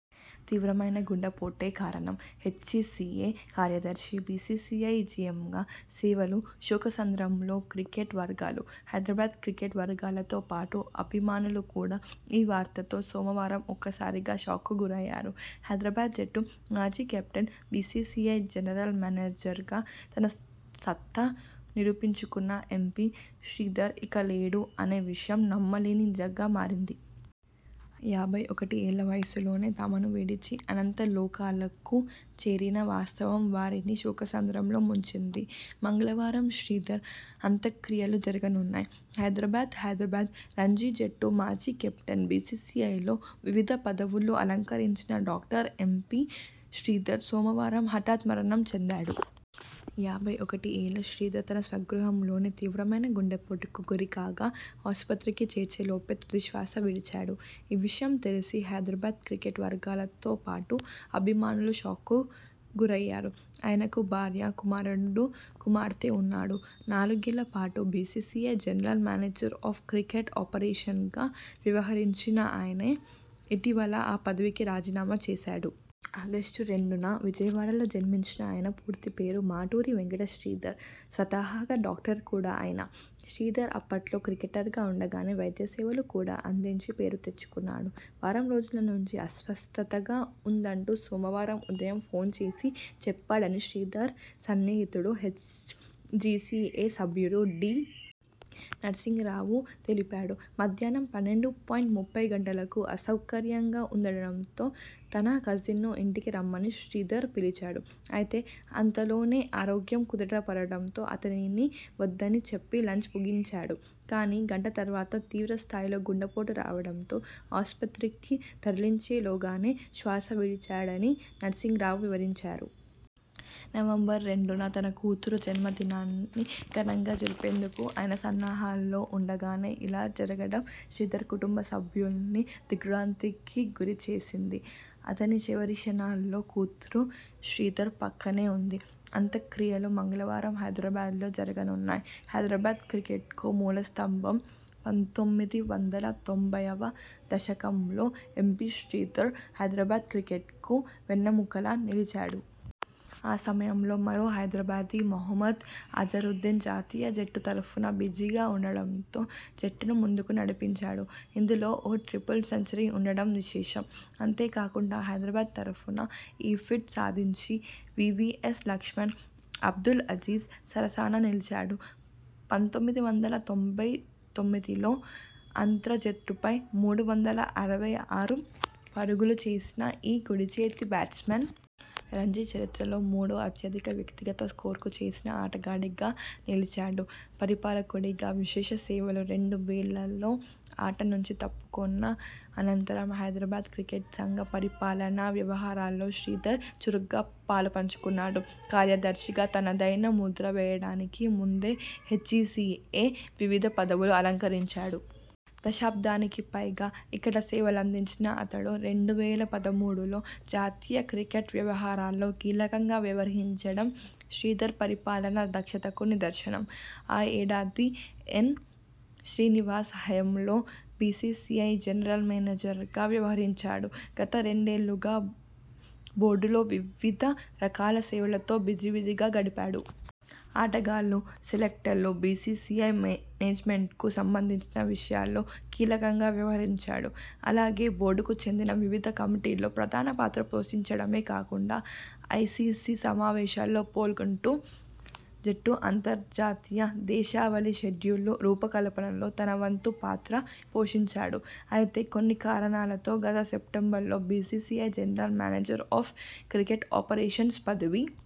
తీవ్రమైన గుండెపోటే కారణంహెచ్సీఏ కార్యదర్శి, బీసీసీఐ జీఎంగా సేవలుశోకసంద్రంలో క్రికెట్ వర్గాలుహైదరాబాద్ క్రికెట్ వర్గాలతో పాటు అభిమానులు కూడా ఈ వార్తతో సోమవారం ఒక్కసారిగా షాక్కు గురయ్యారు. హైదరాబాద్ జట్టు మాజీ కెప్టెన్, బీసీసీఐ జనరల్ మేనేజర్గా తన సత్తా నిరూపించుకున్న ఎంవీ శ్రీధర్ ఇక లేడు అనే విషయం నమ్మలేని నిజంగా మారింది. యాభై ఒకటి ఏళ్ల వయస్సులోనే తమను విడిచి అనంత లోకాలకు చేరిన వాస్తవం వారిని శోకసంద్రంలో ముంచింది. మంగళవారం శ్రీధర్ అంత్యక్రియలుజరగనున్నాయి. హైదరాబాద్ హైదరాబాద్ రంజీ జట్టు మాజీ కెప్టెన్, బీసీసీఐలో వివిధ పద వులు అలంకరించిన డాక్టర్ ఎంవీ శ్రీధర్ సోమవారం హఠాన్మరణం చెందాడు. యాభై ఒకటి ఏళ్ల శ్రీధర్ తన స్వగృహంలోనే తీవ్రమైన గుండెపోటుకు గురికాగాఆస్పత్రికి చేర్చేలోపే తుది శ్వాస విడిచాడు. ఈ విషయం తెలిసి హైదరాబాద్ క్రికెట్ వర్గాలతో పాటు అభిమానులు షాక్కు గురయ్యారు. ఆయనకు భార్య, కుమారుడు, కుమార్తె ఉన్నారు. నాలుగేళ్ల పాటు BCCI general manager of cricket ఆపరేషన్స్గా వ్యవహరించిన ఆయన ఇటీవలే ఆ పదవికి రాజీనామా చేశాడు. ఆగస్టు రెండున విజయవాడలో జన్మించిన ఆయన పూర్తి పేరు మాటూరి వెంకట శ్రీధర్. స్వతహాగా డాక్టర్ కూడా అయిన శ్రీధర్ అప్పట్లో క్రికెటర్గా ఉండగానే వైద్య సేవలు కూడా అందించి పేరు తెచ్చుకున్నాడు. వారం రోజుల నుంచే అస్వస్థతగా ఉందంటూ సోమవారం ఉదయం ఫోన్ చేసి చెప్పాడని శ్రీధర్ సన్నిహితుడు, హెచ్ జీసీఏ సభ్యుడు డి. నర్సింగ్ రావు తె లిపారు. 'మధ్యాహ్నం పన్నెండు పాయింట్ ముప్పై గంటలకు అసౌకర్యంగా ఉండడంతో తన కజిన్ను ఇంటికి రమ్మని శ్రీధర్ పిలిచాడు. అయితే అంతలోనే ఆరోగ్యం కుదుటపడడంతో అతడిని వద్దని చెప్పి లంచ్ ముగించాడు. కానీ గంట తర్వాత తీవ్రస్థాయిలో గుండెపోటు రావడంతో ఆస్పత్రికి తరలించేలోగానే శ్వాస విడిచాడ'ని నర్సింగ్ రావు వివరించారు. నవంబర్ రెండున తన కూతురు జన్మదినాన్ని ఘనంగా జరిపేందుకు ఆయన సన్నాహకాల్లో ఉండగానే ఇలా జరగడం శ్రీధర్ కుటుంబసభ్యుల్ని దిగ్ర్భాంతికి గురిచేసింది. అతడి చివరి క్షణాల్లోనూ కూతురు శ్రీధర్ పక్కనే ఉంది. అంత్యక్రియలు మంగళవారం హైదరాబాద్లో జరగనున్నాయి. హైదరాబాద్ క్రికెట్కు మూలస్తంభం పంతొమ్మిది వందల తొంభైవ దశకంలో ఎంవీ శ్రీధర్ హైదరాబాద్ క్రికెట్కు వెన్నెముకలా నిలిచాడు. ఆ సమయంలో మరో హైదరాబాదీ మహ్మద్ అజరుద్దీన్ జాతీయ జట్టు తరఫున బిజీగా ఉండడంతో జట్టును ముందుకు నడిపించాడు. ఇందులో ఓ ట్రిపుల్ సెంచరీ ఉండడం విశేషం. అంతేకాకుండా హైదరాబాద్ తరఫున ఈ ఫీట్ సాధించి.. వీవీఎస్ లక్ష్మణ్, అబ్దుల్ అజీమ్ సరసన నిలిచాడు. పంతొమ్మిది వందల తొంభై తొమ్మిదిలో ఆంధ్ర జట్టుపై మూడు వందల అరవై ఆరు పరుగులు చేసిన ఈ కుడిచేతి బ్యాట్స్మన్.. రంజీ చరిత్రలో మూడో అత్యధిక వ్యక్తిగత స్కోరు చేసిన ఆటగాడిగా నిలిచాడు. పరిపాలకుడిగా విశేష సేవలు రెండు వేలలో ఆట నుంచి తప్పుకొన్న అనంతరం హైదరాబాద్ క్రికెట్ సంఘం పరిపాలనా వ్యవహారాల్లో శ్రీధర్ చురుగ్గా పాలుపంచుకున్నాడు. కార్యద ర్శిగా తనదైన ముద్ర వేయడానికి ముందే హెచ్సీఏలో వివిధ పదవులు అలంకరించాడు. దశాబ్దానికిపైగా ఇక్కడ సేవలందించిన అతడు రెండు వేల పదమూడులో జాతీయ క్రికెట్ వ్యవహారాల్లో కీలకంగా వ్యవహరించడం శ్రీధర్ పరిపాలనా దక్షతకు నిదర్శనం. ఆ ఏడాది ఎన్. శ్రీనివాస్ హయాంలో బీసీసీఐ జనరల్ మేనేజర్గా వ్యవహరించాడు. గత రెండేళ్లుగా బోర్డులో వివిధ రకాల సేవలతో బిజీబిజీగా గడిపాడు. ఆటగాళ్లు, సెలెక్టర్లు, బీసీసీఐ మేనేజ్మెంట్కు సంబంధించిన విషయాల్లో కీలకంగా వ్యవహరించాడు. అలాగే బోర్డుకు చెందిన వివిధ కమిటీల్లో ప్రధాన పాత్ర పోషించడమే కాకుండా ఐసీసీ సమావేశాల్లో పాల్గొంటూ జట్టు అంతర్జాతీయ, దేశవాళీ షెడ్యూళ్ల రూపకల్పనలో తన వంతు పాత్ర పోషించాడు. అయితే కొన్ని కారణాలతో గత సెప్టెంబర్లో BCCI general manager of cricket operations పదవి